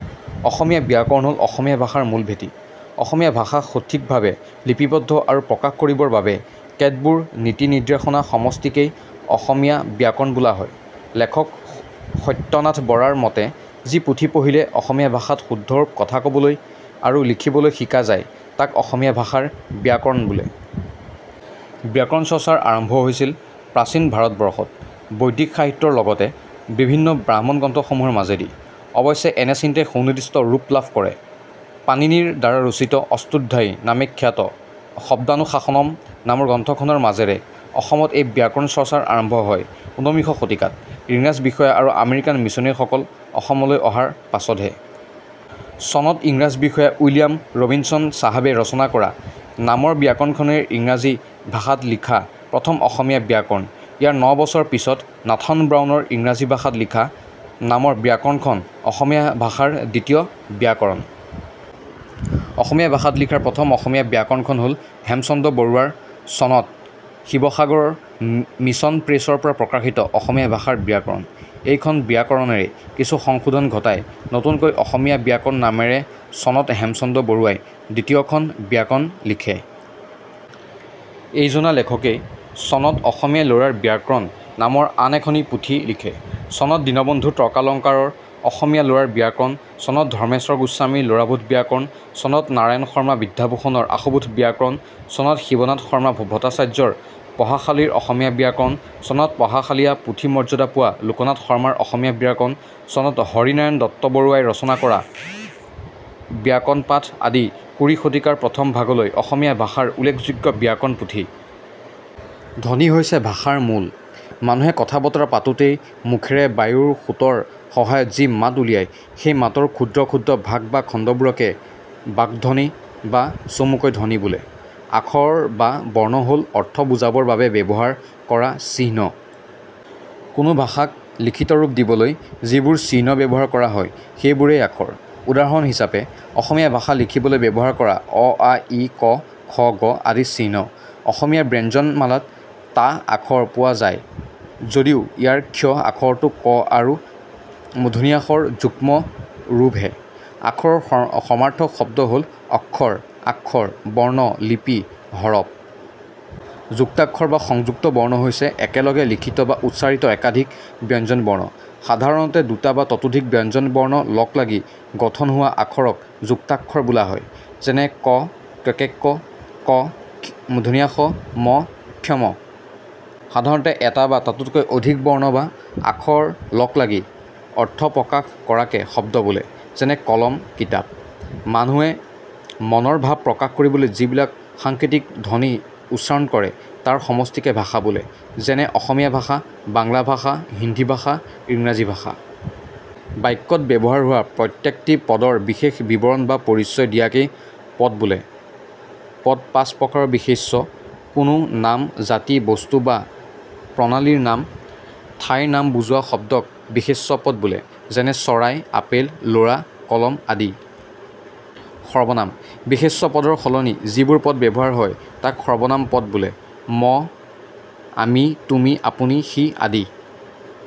অসমীয়া ব্যাকৰণ হ'ল অসমীয়া ভাষাৰ মূল ভেটি। অসমীয়া ভাষা সঠিকভাৱে লিপিবদ্ধ আৰু প্ৰকাশ কৰিবৰ বাবে কেতবোৰ নীতি নিৰ্দেশনা সমষ্টিকেই অসমীয়া ব্যাকৰণ বোলা হয়। লেখক সত্যনাথ বৰাৰ মতে, "যি পুথি পঢ়িলে অসমীয়া ভাষাত শুদ্ধৰূপে কথা কবলৈ আৰু লিখিবলৈ শিকা যায়, তাক অসমীয়া ভাষাৰ ব্যাকৰণ বোলে। "। ব্যাকৰণ চৰ্চাৰ আৰম্ভ হৈছিল প্ৰাচীন ভাৰতবৰ্ষত, বৈদিক সাহিত্যৰ লগতে বিভিন্ন ব্ৰাহ্মণ গ্ৰন্থসমূহৰ মাজেদি। অৱশ্যে এনে চিন্তাই সুনিৰ্দিষ্ট ৰূপ লাভ কৰে পাণিনিৰ দ্বাৰা ৰচিত 'অষ্টাধ্যায়ী' নামে খ্যাত "শব্দানুশাসনম" নামৰ গ্ৰন্থৰ মাজেৰে। অসমত এই ব্যাকৰণ চৰ্চাৰ আৰম্ভ হয় উনবিংশ শতিকাত, ইংৰাজ বিষয়া আৰু আমেৰিকান মিছনেৰীসকল অসমলৈ অহাৰ পাছতহে। চনত ইংৰাজ বিষয়া উইলিয়াম ৰবিন্সন চাহাবে ৰচনা কৰা "" নামৰ ব্যাকৰণখনেই ইংৰাজী ভাষাত লিখা প্ৰথম অসমীয়া ব্যাকৰণ। ইয়াৰ ন বছৰ পিছত নাথান ব্ৰাউন ৰ ইংৰাজী ভাষাত লিখা " নামৰ ব্যাকৰণখন অসমীয়া ভাষাৰ দ্বিতীয় ব্যাকৰণ। অসমীয়া ভাষাত লিখা প্ৰথম অসমীয়া ব্যাকৰণখন হ'ল, হেমচন্দ্ৰ বৰুৱা ৰ চনত শিৱাসাগৰ মিছন প্ৰেছৰ পৰা প্ৰকাশিত অসমীয়া ভাষাৰ ব্যাকৰণ। এইখন ব্যাকৰণৰেই কিছু সংশোধন ঘটাই নতুনকৈ অসমীয়া ব্যাকৰণ নামেৰে চনত হেমচন্দ্ৰ বৰুৱাই দ্বিতীয়খন ব্যাকৰণ লিখে। এইজনা লেখকেই চনত অসমীয়া ল'ৰাৰ ব্যাকৰণ নামৰ আন এখনি পুথি লিখে। চনত দীনবন্ধু তৰ্কালংকাৰৰ "অসমীয়া ল'ৰাৰ ব্যাকৰণ'', চনত ধৰ্মেশ্বৰ গোস্বামীৰ "ল'ৰাবোধ ব্যাকৰণ'', চনত নাৰায়ণ শৰ্মা বিদ্যাভূষণৰ "আশুবোধ ব্যাকৰণ'', চনত শিৱনাথ শৰ্মা ভট্টাচাৰ্যৰ "পঢ়াশালীৰ অসমীয়া ব্যাকৰণ'', চনত পঢ়াশলীয়া পুথিৰ মৰ্যাদা পোৱা লোকনাথ শৰ্মাৰ "অসমীয়া ব্যাকৰণ'', চনত হৰিনাৰায়ণ দত্তবৰুৱা ই ৰচনা কৰা "ব্যাকৰণ পাঠ '' আদি কুৰি শতিকাৰ প্ৰথম ভাগলৈ অসমীয়া ভাষাৰ উল্লেখযোগ্য ব্যাকৰণ পুথি। ধ্বনি হৈছে ভাষা ৰ মূল। মানুহে কথা বতৰা পাতোঁতে মুখেৰে বায়ুৰ সোঁতৰ সহায়ত যি মাত উলিয়ায় সেই মাতৰ ক্ষুদ্ৰ ক্ষুদ্ৰ ভাগ বা খণ্ডবোৰকে বাগ্ধ্বনি, বা চমুকৈ ধ্বনি বোলে। আখৰ বা বৰ্ণ হ'ল অৰ্থ বুজাবৰ বাবে ব্যৱহাৰ কৰা চিহ্ন। কোনো ভাষাক লিখিত ৰূপ দিবলৈ যিবোৰ চিহ্ন ব্যৱহাৰ কৰা হয় সেইবোৰেই আখৰ৷ উদাহৰণ হিচাপে অসমীয়া ভাষা লিখিবলৈ ব্যৱহাৰ কৰা — অ, আ, ই, ক, খ, গ আদি চিহ্ন৷ অসমীয়া ব্যঞ্জনবৰ্ণমালাত টা আখৰ পোৱা যায় যদিও ইয়াৰে 'ক্ষ' আখৰটো 'ক' আৰু 'ষ'ৰ যুগ্ম ৰূপহে ৷ আখৰৰ সমাৰ্থক শব্দ হ'ল: অক্ষৰ, আক্ষৰ, বৰ্ণ, লিপি, হৰফ। যুক্তাক্ষৰ বা সংযুক্ত বৰ্ণ হৈছে একেলগে লিখিত আৰু উচ্চাৰিত একাধিক ব্যঞ্জন-বৰ্ণ। সাধাৰণতে দুটা বা ততোধিক ব্যঞ্জন বৰ্ণ লগ লাগি গঠন হোৱা আখৰক যুক্তাক্ষৰ বোলা হয়। যেনে- ক ক ক্ক, ক ষ ম ক্ষ্ম। সাধাৰণতে এটা বা তাতোকৈ অধিক বৰ্ণ বা আখৰ লগ লাগি অৰ্থ প্ৰকাশ কৰাকে শব্দ বোলে। যেনে: কলম, কিতাপ। মানুহে মনৰ ভাৱ প্ৰকাশ কৰিবলৈ যিবিলাক সাঙ্কেতিক ধ্বনি উচ্চাৰণ কৰে তাৰ সমষ্টিকে ভাষা বোলে। যেনে: অসমীয়া ভাষা, বাংলা ভাষা, হিন্দী ভাষা, ইংৰাজী ভাষা। বাক্যত ব্যৱহাৰ হোৱা প্ৰত্যেকটি পদৰ বিশেষ বিৱৰণ বা পৰিচয় দিয়াকেই পদ বোলে। পদ পাঁচ প্ৰকাৰৰ বিশেষ্য :- কোনো নাম, জাতি, বস্তু বা প্ৰণালীৰ নাম, ঠাইৰ নাম বুজোৱা শব্দক বিশেষ্য পদ বোলে। যেনে- চৰাই, আপেল, ল'ৰা, কলম আদি। সৰ্বনাম :- বিশেষ্য পদৰ সলনি যিবোৰ পদ ব্যৱহাৰ হয় তাক সৰ্বনাম পদ বোলে। মই, আমি, তুমি, আপুনি, সি আদি।